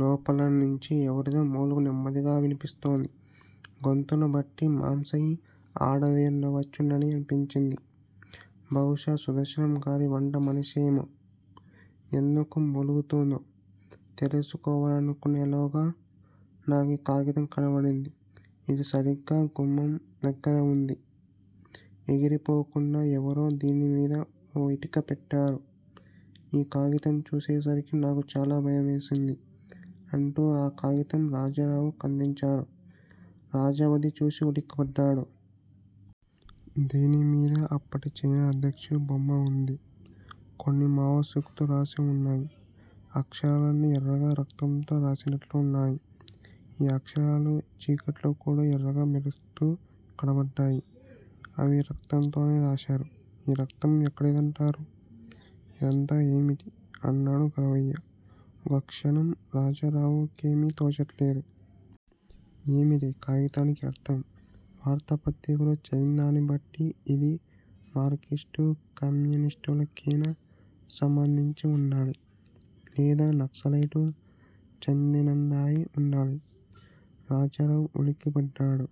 లోపల్నుంచి ఎవరిదో మూలుగు నెమ్మదిగా వినిపిస్తోంది. గొంతును బట్టి మంసైహి ఆడదయుండవచ్చుననిపించింది. బహుశా సుదర్శనంగారి వంట మనిషేమో. ఎందుకు మూలుగుతోందో తెలుసుకోవలనుకునేలోగా, నాకీ కాగితం కనబడింది. ఇది సరిగ్గా గుమ్మం దగ్గరుంది. ఎగిరి పోకుండా ఎవరో దీనిమీద ఓ ఇటిక పెట్టారు. ఈ కాగితం చూసేసరికి నాకు చాలా భయమేసింది అంటూ ఆ కాగితం రాజారావుకందించాడు రాజారావది చూసి ఉలిక్కిపడ్డాడు. దానిమీద అప్పటి చైనా అధ్యక్షుడు బొమ్మ ఉంది. కొన్ని మావోసూక్తులు రాసి ఉన్నాయి. అక్షరాలన్నీ ఎర్రగా రక్తంతో రాసినట్లున్నాయి. ఈ అక్షరాలూ చీకట్లో కూడా ఎర్రగా మెరుస్తూ కనబడ్డాయి. అవి రక్తతోనే రాశారు. ఆ రక్తం ఎక్కడిదంటారు.? ఇదంతా ఏమిటి? అన్నాడు గరవయ్య. ఒక్క క్షణం రాజారావుకేమీ తోచలేదు. ఏమిటీ కాగితానికి అర్ధం? వార్తా పత్రికల్లో చదివిందాన్ని బట్టి ఇది మార్కిస్టు కమ్యీనిష్టుల కేనా సంబంధించి ఉండాలి. లేదా నక్సక్లైట్లు చెందినదయి ఉండాలి. రాజారావు ఉల్లిక్కిపడ్డాడు.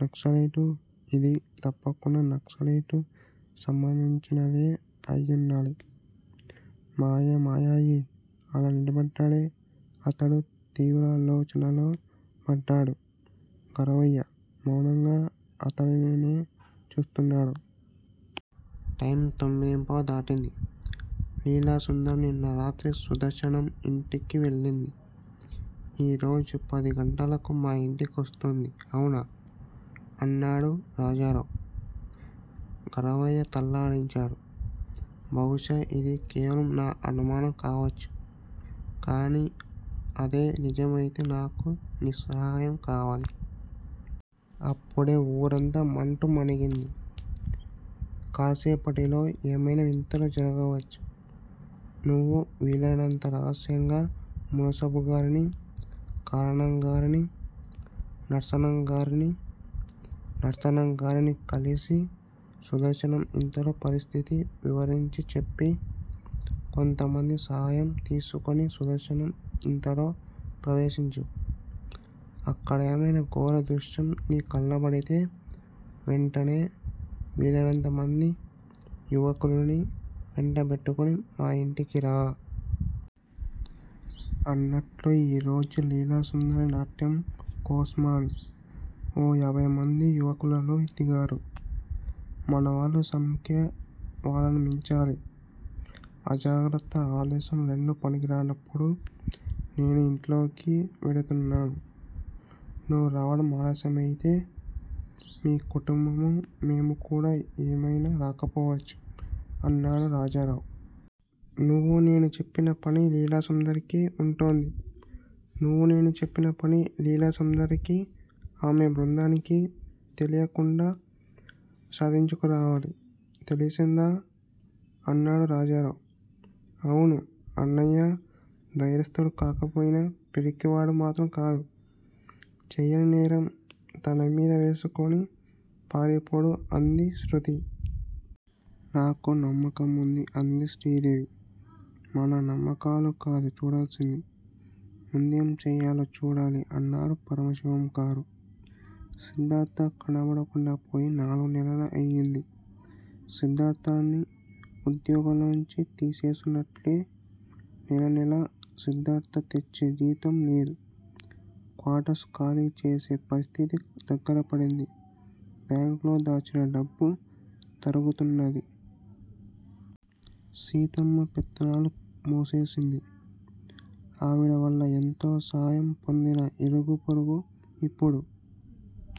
నక్సలైటు! ఇది తప్పకుండా నక్సలైటు సంబందించినదే అయుండాలి. మాయమయ్యాయి. అలా నిలబడే అతడు తీవ్రాలోచనలో పడ్డాడు. గరవయ్య మౌనంగా అతడినే చూస్తున్నాడు. టైము తొమ్మిదింపావు దాటింది. లీలాసుందరి నిన్న రాత్రి సుదర్శనం ఇంటికి వెళ్ళింది. ఈ రోజు పది గంటలకు మా యింటికొస్తుంది అవునా? అన్నాడు రాజారావు. గరవయ్య తలాడించాడు. బహుశా ఇది కేవలం నా అనుమానం కావచ్చు. కానీ అదే నిజమయితే నాకు నీ సాయం కావాలి. అప్పుడే ఊరంతా మాటుమణిగింది. ఇంకాసేపటిలో ఏమయినా వింతలు జరగవచ్చు. నువ్వు వీలయినంత రహస్యంగా మునసబుగారినీ, కారణంగారినీ, నర్సన్నగారినీ, నర్సన్నగారినీ కలిసి సుదర్శనం ఇంతలో పరిస్థితి వివరించి చెప్పి కొంతమందిని సాయం తీసుకుని సుదర్శనం ఇంతలో ప్రవేశించు. అక్కడైమైనా ఘోర దృశ్యం నీ కళ్ళబడితే వెంటనే వీలయినంతమంది యువకుల్ని వెంటబెట్టుకుని మనింటికి రా. అన్నట్లు ఈ రోజు లీలాసుందరి నాట్యం కోస్మాని ఓ యాభైమంది యువకులూళ్ళో దిగారు. మనవాళ్ళ సంఖ్య వాళ్ళను మించాలి. అజాగ్రత్త, ఆలస్యం రెండూ పనికిరానప్పుడు. నేను ఇంట్లోకి వెడుతున్నాను. నువ్వు రావడమాలస్య మయితే _ మీ కుటుంబమూ, మేమూకూడా ఏమయినా అయిపోవచ్చు _ అన్నాడు రాజారావు. నువ్వు నేను చెప్పిన పని లీలాసుందరికీ, ఉంటోంది. నువ్వు నేను చెప్పిన పని లీలాసుమ్దరికీ, ఆమె బృందానికీ తెలియకుండా సాధించుకు రావాలి. తెలిసిందా? అన్నాడు రాజారావు. అవును. అన్నయ్య దైర్యస్తుడు కాకపోయినా పిరికి వాడు మాత్రం కాదు. చేయని నేరం తనమీద వేసుకుని పారిపోడు అంది శృతి. నాకా నమ్మకం వుంది అంది శ్రీదేవి. మన నమ్మకాలు కాదు చూడాల్సింది. ముందేంచేయాలో చూడాలి అన్నారు పరమశివంగారు. సిద్దార్థ కనపడకుండాపోయి నాలుగు నెలలయింది. సిద్దార్థని ఉద్యోగంలోంచి తీసేసోనట్లే. నెలనెలా సిద్దార్థ తెచ్చే జీతంలేదు. క్వార్టర్స్ ఖాళీ చేసే పరిస్థితి దగ్గరపడింది. బ్యాంక్ లో దాచిన డబ్బు తరుగుతున్నది. సీతమ్మ పెత్తనాలు మానేసింది. ఆవిడవల్ల ఎంతో సాయం పొందిన ఇరుగు పొరుగు ఇప్పుడు